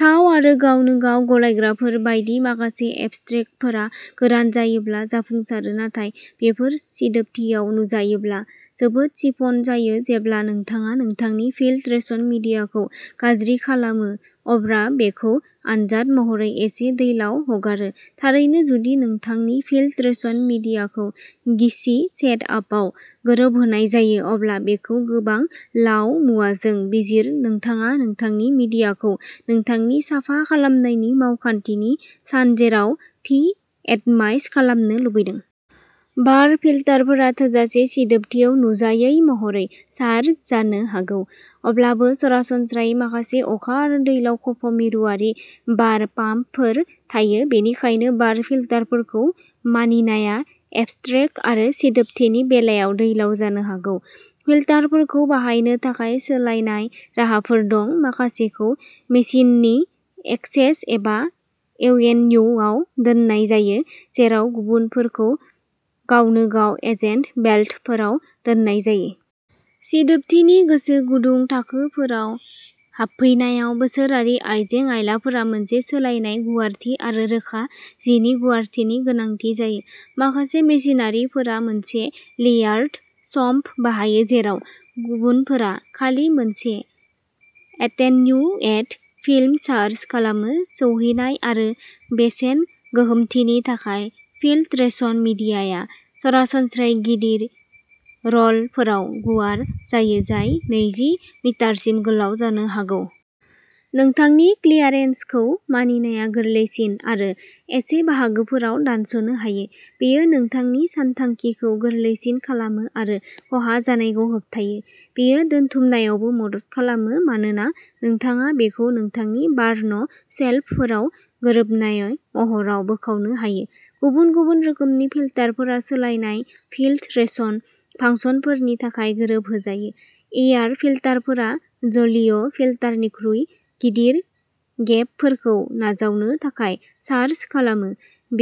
थाव आरो गावनो गाव गलायग्राफोर बायदि माखासे एब्स्ट्रेक्टफोरा गोरान जायोब्ला जाफुंसारो नाथाय बेफोर सिदोबथियाव नुजायोब्ला जोबोद सिफन जायो जेब्ला नोंथाङा नोंथांनि फिल्टरेशन मिडियाखौ गाज्रि खालामो अब्ला बेखौ आनजाद महरै एसे दैलाव हगारो थारैनो जुदि नोंथांनि फिल्टरेशन मिडियाखौ गिसि सेट आपआव गोरोबहोनाय जायो अब्ला बेखौ गोबां लाव मुवाजों बिजिर नोंथाङा नोंथांनि मिडियाखौ नोंथांनि साफा खालामनायनि मावखान्थिनि सानजेराव थि एटमाइज खालामनो लुबैदों। बार फिल्टारफोरा थोजासे सिदोबथियाव नुजायै महरै चार्ज जानो हागौ। अब्लाबो सरासनस्रायै माखासे अखा आरो दैलाव खफ' मिरुआरि बार पाम्पफोर थायो बेनिखायनो बार फिल्टारफोरखौ मानिनाया एब्स्ट्रेक्ट आरो सिदोबथिनि बेलायाव दैलाव जानो हागौ फिल्टारफोरखौ बाहायनो थाखाय सोलायनाय राहाफोर दं माखासेखौ मेसिननि एक्सेस एबा एवेन्युआव दोननाय जायो जेराव गुबुनफोरखौ गावनो गाव एजेन्ट बेल्टफोराव दोननाय जायो। सिदोबथिनि गोसो गुदुं थाखोफोराव हाबफैनायाव बोसोरारि आयजें आइलाफोरा मोनसे सोलायनाय गुवारथि आरो रोखा जिनि गुवारथिनि गोनांथि जायो माखासे मेसिनफोरा मोनसे लेयार्ड सम्प बाहायो जेराव गुबुनफोरा खालि मोनसे एटेन्युएट फिल्म चार्ज खालामो सौहैनाय आरो बेसेन गोहोमथिनि थाखाय फिल्टरेशन मिडियाआ सरासनस्रायै गिदिर र'लफोराव गुवार जायो जाय नैजि मिटारसिम गोलाव जानो हागौ। नोंथांनि क्लियारेन्सखौ मानिनाया गोरलैसिन आरो एसे बाहागोफोराव दानस'नो हायो। बेयो नोंथांनि सानथांखिखौ गोरलैसिन खालामो आरो खहा जानायखौ होबथायो। बेयो दोनथुमनायावबो मदद खालामो मानोना नोंथाङा बेखौ नोंथांनि बार्न शेल्फफोराव गोरोबनाय महराव बोखावनो हायो गुबुन गुबुन रोखोमनि फिल्टारफोरा सोलायनाय फिल्टरेशन फांसनफोरनि थाखाय गोरोबहोजायो एयार फिल्टारफोरा जलीय फिल्टारनिख्रुइ गिदिर गेपफोरखौ नाजावनो थाखाय चार्ज खालामो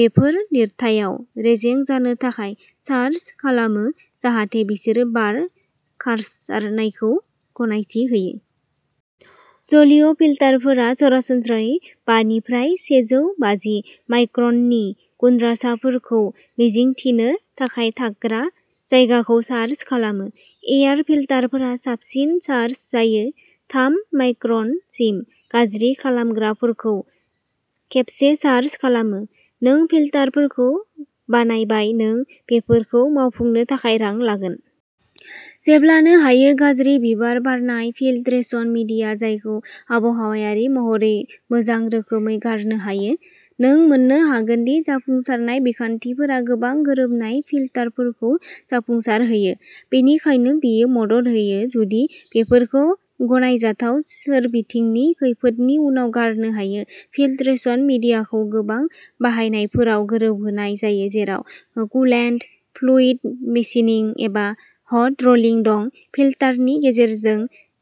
बेफोर लिरथायाव रेजें जानो थाखाय चार्ज खालामो जाहाथे बिसोरो बार खारसारनायखौ गनायथि होयो। जलीय फिल्टारफोरा सरासनस्रायै बा निफ्राय से जौ बाजि माइक्रननि गुनद्रासाफोरखौ मिजिंथिनो थाखाय थाग्रा जायगाखौ चार्ज खालामो। एयार फिल्टारफोरा साबसिन चार्ज जायो थाम माइक्रनसिम गाज्रि खालामग्राफोरखौ खेबसे चार्ज खालामो। नों फिल्टारफोरखौ बानायबाय नों बेफोरखौ मावफुंनो थाखाय रां लागोन। जेब्लानो हायो गाज्रि बिबार बारनाय फिल्ट्रेशन मिडिया जायखौ आबहावायारि महरै मोजां रोखोमै गारनो हायो। नों मोन्नो हागोन दि जाफुंसारनाय बिखान्थिफोरा गोबां गोरोबनाय फिल्टारफोरखौ जाफुंसारहोयो बेनिखायनो बेयो मदद होयो जुदि बेफोरखौ गनायजाथाव सोरबिथिंनि खैफोदनि उनाव गारनो हायो फिल्ट्रेशन मिडियाखौ गोबां बाहायनायफोराव गोरोबहोनाय जायो जेराव कुलेन्ट फ्लुइड मेशिनिं एबा हट रलिं दं फिल्टारनि गेजेरजों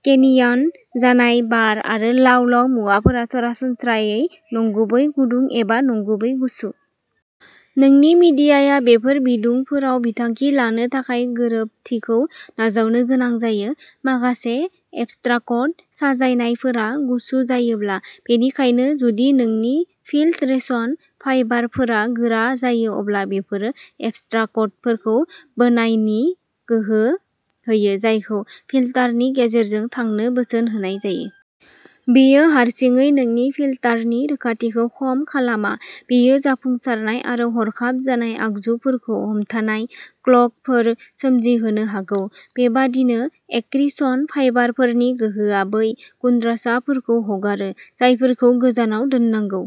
केनियन जानाय बार आरो लाव लाव मुवाफोरा सरासनस्रायै नंगुबै गुदुं एबा नंगुबै गुसु। नोंनि मिडियाया बेफोर बिदुंफोराव बिथांखि लानो थाखाय गोरोबथिखौ नाजावनो गोनां जायो। माखासे एब्स्ट्राकट साजायनायफोरा गुसु जायोब्ला बेनिखायनो जुदि नोंनि फिल्टरेशन फाइबारफोरा गोरा जायो अब्ला बेफोरो एब्स्ट्राकटफोरखौ बोनायनि गोहो होयो जायखौ फिल्टारनि गेजेरजों थांनो बोसोन होनाय जायो। बेयो हारसिङै नोंनि फिल्टारनि रोखाथिखौ खम खालामा बेयो जाफुंसारनाय आरो हरखाब जानाय आगजुफोरखौ हमथानाय क्लगफोर सोमजिहोनो हागौ। बेबायदिनो एक्रिशन फाइबारफोरनि गोहोआ बै गुनद्रासाफोरखौ हगारो जायफोरखौ गोजानाव दोननांगौ।